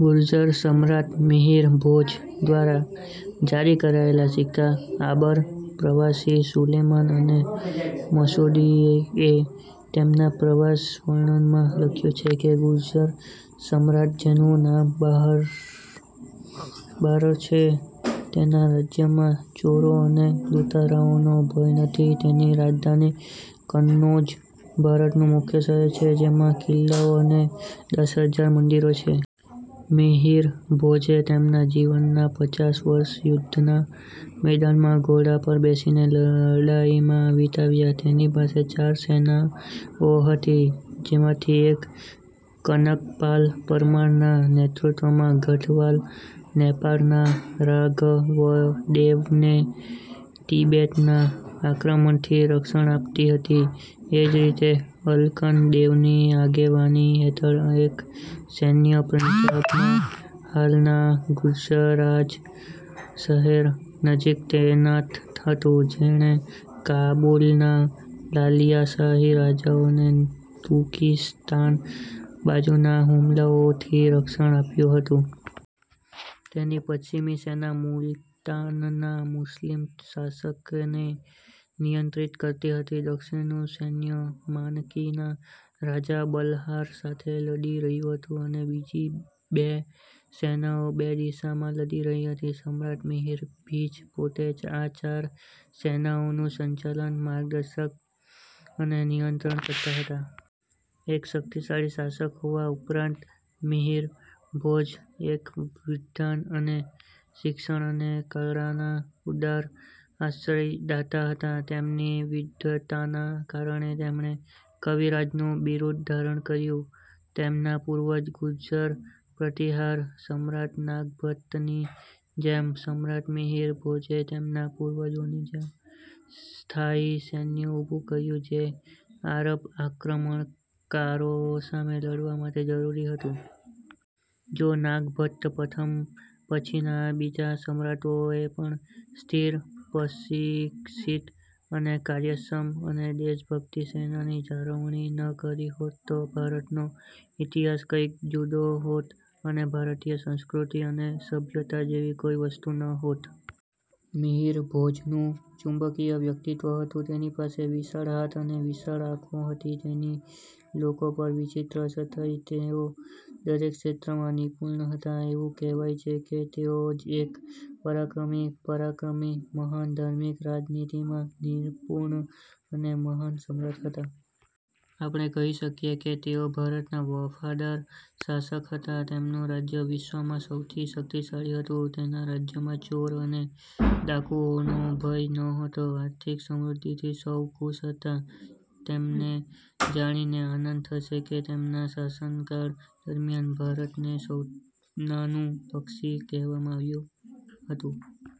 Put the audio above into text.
ગુર્જર સમ્રાટ મિહિર ભોજ દ્વારા જારી કરાયેલા સિક્કા આરબ પ્રવાસી સુલેમાન અને મસૂદીએ તેમના પ્રવાસ વર્ણનમાં લખ્યું છે કે 'ગુર્જર સમ્રાટ જેનું નામ બારહ છે. તેના રાજ્યમાં ચોરો અને લૂંટારાઓનો ભય નથી. તેની રાજધાની કન્નૌજ ભારતનું મુખ્ય શહેર છે, જેમાં કિલ્લાઓ અને દસ હજાર મંદિરો છે. મિહિર ભોજે તેમના જીવનના પચાસ વર્ષ યુદ્ધના મેદાનમાં ઘોડા પર બેસીને લડાઈમાં વિતાવ્યા. તેની પાસે ચાર સેનાઓ હતી, જેમાંથી એક કનકપાલ પરમારના નેતૃત્વમાં ગઢવાલ નેપાળના રાઘવદેવને તિબેટના આક્રમણથી રક્ષણ આપતી હતી. એ જ રીતે, અલ્કન દેવની આગેવાની હેઠળ એક સૈન્ય પંજાબમાં હાલના ગુજરાજ શહેર નજીક તૈનાત હતું, જેણે કાબુલના લાલિયાશાહી રાજાઓને તુર્કીસ્તાન બાજુના હુમલાઓથી રક્ષણ આપ્યું હતું. તેની પશ્ચિમી સેના મુલતાનના મુસ્લિમ શાસકને નિયંત્રિત કરતી હતી. દક્ષિણનું સૈન્ય માનકીના રાજા બલહાર સાથે લડી રહ્યું હતું અને બીજી બે સેનાઓ બે દિશામાં લડી રહી હતી. સમ્રાટ મિહિર ભીજ પોતે આ ચાર સેનાઓનું સંચાલન, માર્ગદર્શન અને નિયંત્રણ કરતા હતા. એક શક્તિશાળી શાસક હોવા ઉપરાંત, મિહિર ભોજ એક વિદ્વાન અને શિક્ષણ અને કળાના ઉદાર આશ્રયદાતા હતા. તેમની વિદ્વતાના કારણે તેમણે 'કવિરાજ'નું બિરુદ ધારણ કર્યું. તેમના પૂર્વજ ગુર્જર પ્રતિહાર સમ્રાટ નાગભટ્ટ ની જેમ, સમ્રાટ મિહિર ભોજે તેમના પૂર્વજોની જેમ સ્થાયી સૈન્ય ઉભું કર્યું જે આરબ આક્રમણકારો સામે લડવા માટે જરૂરી હતું. જો નાગભટ્ટ પ્રથમ પછીના બીજા સમ્રાટોએ પણ સ્થિર, પ્રશિક્ષિત અને કાર્યક્ષમ અને દેશભક્તિ સેનાની જાળવણી ન કરી હોત તો ભારતનો ઈતિહાસ કંઈક જુદો હોત અને ભારતીય સંસ્કૃતિ અને સભ્યતા જેવી કોઈ વસ્તુ ન હોત. મિહિરભોજનું ચુંબકીય વ્યક્તિત્વ હતું, તેની પાસે વિશાળ હાથ અને વિશાળ આંખો હતી. તેની લોકો પર વિચિત્ર અસર થઈ. તેઓ દરેક ક્ષેત્રમાં નિપુણ હતા, એવું કહેવાય છે કે તેઓ એક પરાક્રમી પરાક્રમી, મહાન ધાર્મિક, રાજનીતિમાં નિપુણ અને મહાન સમ્રાટ હતા. આપણે કહી શકીએ કે તેઓ ભારતના વફાદાર શાસક હતા. તેમનું રાજ્ય વિશ્વમાં સૌથી શક્તિશાળી હતું. તેના રાજ્યમાં ચોર અને ડાકુઓનો ભય નહોતો. આર્થિક સમૃદ્ધિથી સૌ ખુશ હતા. તમને જાણીને આનંદ થશે કે તેમના શાસનકાળ દરમિયાન ભારતને સોનાનું પક્ષી કહેવામાં આવતું હતું.